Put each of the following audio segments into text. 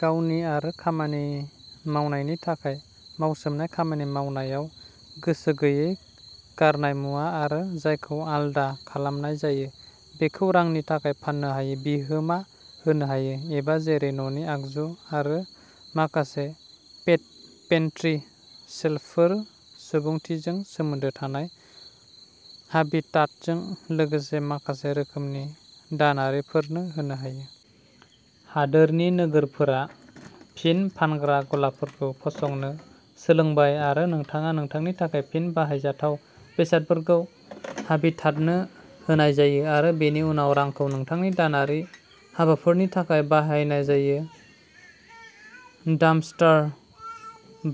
गावनि आरो खामानि मावनायनि थाखाय मावसोमनाय खामानि मावनायाव गोसो गैयै। गारनाय मुवा आरो जायखौ आलादा खालामनाय जायो, बेखौ रांनि थाखाय फाननो हायो, बिहोमा होनो हायो, एबा जेरै न'नि आगजु आरो माखासे पेन्ट्री शेल्फफोर सुबुंथिजों सोमोन्दो थानाय हाबिटाटजों लोगोसे माखासे रोखोमनि दानारिफोरनो होनो हायो। हादोरनि नोगोरफोरा फिन फानग्रा गलाफोरखौ फसंनो सोलोंबाय आरो नोंथाङा नोंथांनि थाखाय फिन बाहायजाथाव बेसादफोरखौ हाबिटाटनो होनाय जायो आरो बेनि उनाव रांखौ नोंथांनि दानारि हाबाफोरनि थाखाय बाहायनाय जायो। डाम्पस्टार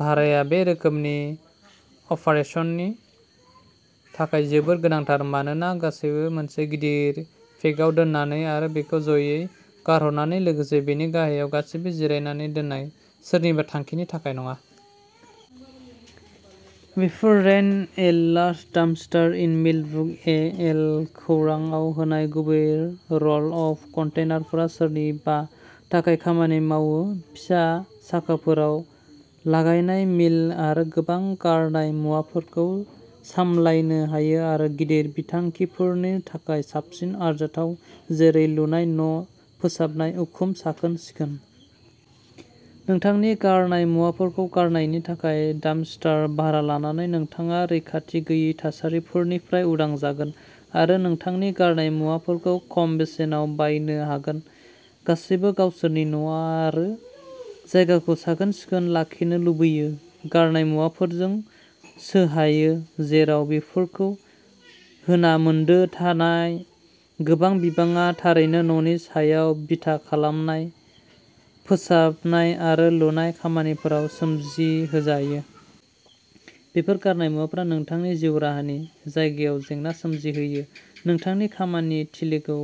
भाराया बे रोखोमनि अपारेसननि थाखाय जोबोद गोनांथार मानोना गासैबो मोनसे गिदिर पेकआव दोननानै आरो बेखौ जयै गारहरनानै, लोगोसे बेनि गाहायाव गासिबो जिरायनानै दोननाय, सोरनिबा थांखिनि थाखाय नङा। Before rent a large dumpster in Millbrook, A L खौरांआव होनाय गुबै रल अफ कन्टेनारफोरा सोरनिबा थाखाय खामानि मावो। फिसा साखाफोराव लागायनाय मिल आरो गोबां गारनाय मुवाफोरखौ सामलायनो हायो आरो गिदिर बिथांखिफोरनि थाखाय साबसिन आरजाथाव, जेरै लुनाय, न' फोसाबनाय, उखुम साखोन-सिखोन। नोंथांनि गारनाय मुवाफोरखौ गारनायनि थाखाय डाम्पस्टार भारा लानानै, नोंथाङा रैखाथि गैयै थासारिफोरनिफ्राय उदां जागोन आरो नोंथांनि गारनाय मुवाफोरखौ खम बेसेनाव बायनो हागोन। गासैबो गावसोरनि न'आरो जायगाखौ साखोन-सिखोन लाखिनो लुबैयो। गारनाय मुवाफोरजों सोहायो जेराव बेफोरखौ होनामोन्दो थानाय गोबां बिबाङा थारैनो न'नि सायाव बिथा खालामनाय फोसाबनाय आरो लुनाय खामानिफोराव सोमजिहोजायो। बेफोर गारनाय मुवाफोरा नोंथांनि जिउ राहानि जायगायाव जेंना सोमजिहोयो। नोंथांनि खामानि थिलिखौ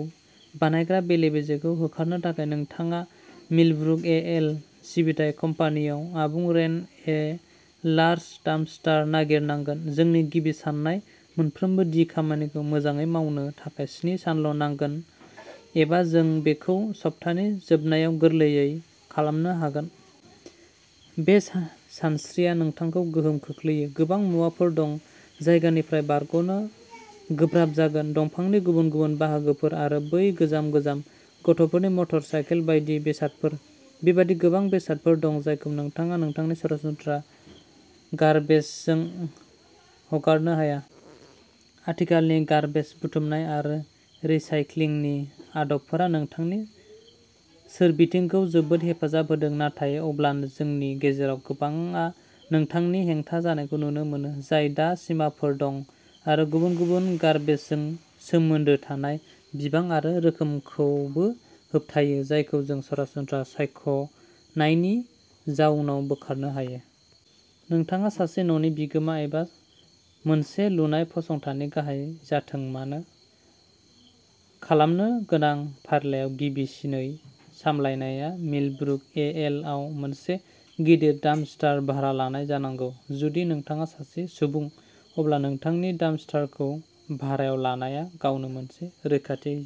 बानायग्रा बेले-बेजेखौ होखारनो थाखाय, नोंथाङा मिलब्रुक, ए. एल. सिबिथाइ कम्पानिआव आबुं रेन्ट ए लार्ज डाम्पस्टार नागिरनांगोन। जोंनि गिबि सान्नाय मोनफ्रोमबो दि खामानिखौ मोजाङै मावनो थाखाय स्नि सानल' नांगोन एबा जों बेखौ सप्तानि जोबनायाव गोरलैयै खालामनो हागोन। बे सानस्रिया नोंथांखौ गोहोम खोख्लैयो। गोबां मुवाफोर दं जायनिफ्राय बारग'नो गोब्राब जागोन। दंफांनि गुबुन गुबुन बाहागोफोर आरो बै गोजाम गोजाम गथ'फोरनि मटर साइकेल बायदि बेसादफोर। बेबादि गोबां बेसादफोर दं जायखौ नोंथाङा नोंथांनि सरासनस्रा गार्बेजजों हगारनो हाया। आथिखालनि गार्बेज बुथुमनाय आरो रिसाइक्लिंनि आदबफोरा नोंथांनि सोरबिथिंखौ जोबोद हेफाजाब होदों। नाथाय अब्ला जोंनि गेजेराव गोबांआ नोंथांनि हेंथा जानायखौ नुनो मोनो, जाय दा सिमाफोर दं आरो गुबुन गुबुन गार्बेजजों सोमोन्दो थानाय बिबां आरो रोखोमखौबो होबथायो, जायखौ जों सरासनस्रा सायख'नायनि जाउनाव बोखारनो हायो। नोंथाङा सासे न'नि बिगोमा एबा मोनसे लुनाय फसंथाननि गाहाय जाथों मानो, खालामनो गोनां फारिलाइयाव गिबिसिनै सामलायनाया मिलब्रुक, ए. एल. आव मोनसे गिदिर डाम्पस्टार भारा लानाय जानांगौ। जुदि नोंथाङा सासे सुबुं, अब्ला नोंथांनि डाम्पस्टारखौ भारायाव लानाया गावनो मोनसे रैखाथि होयो।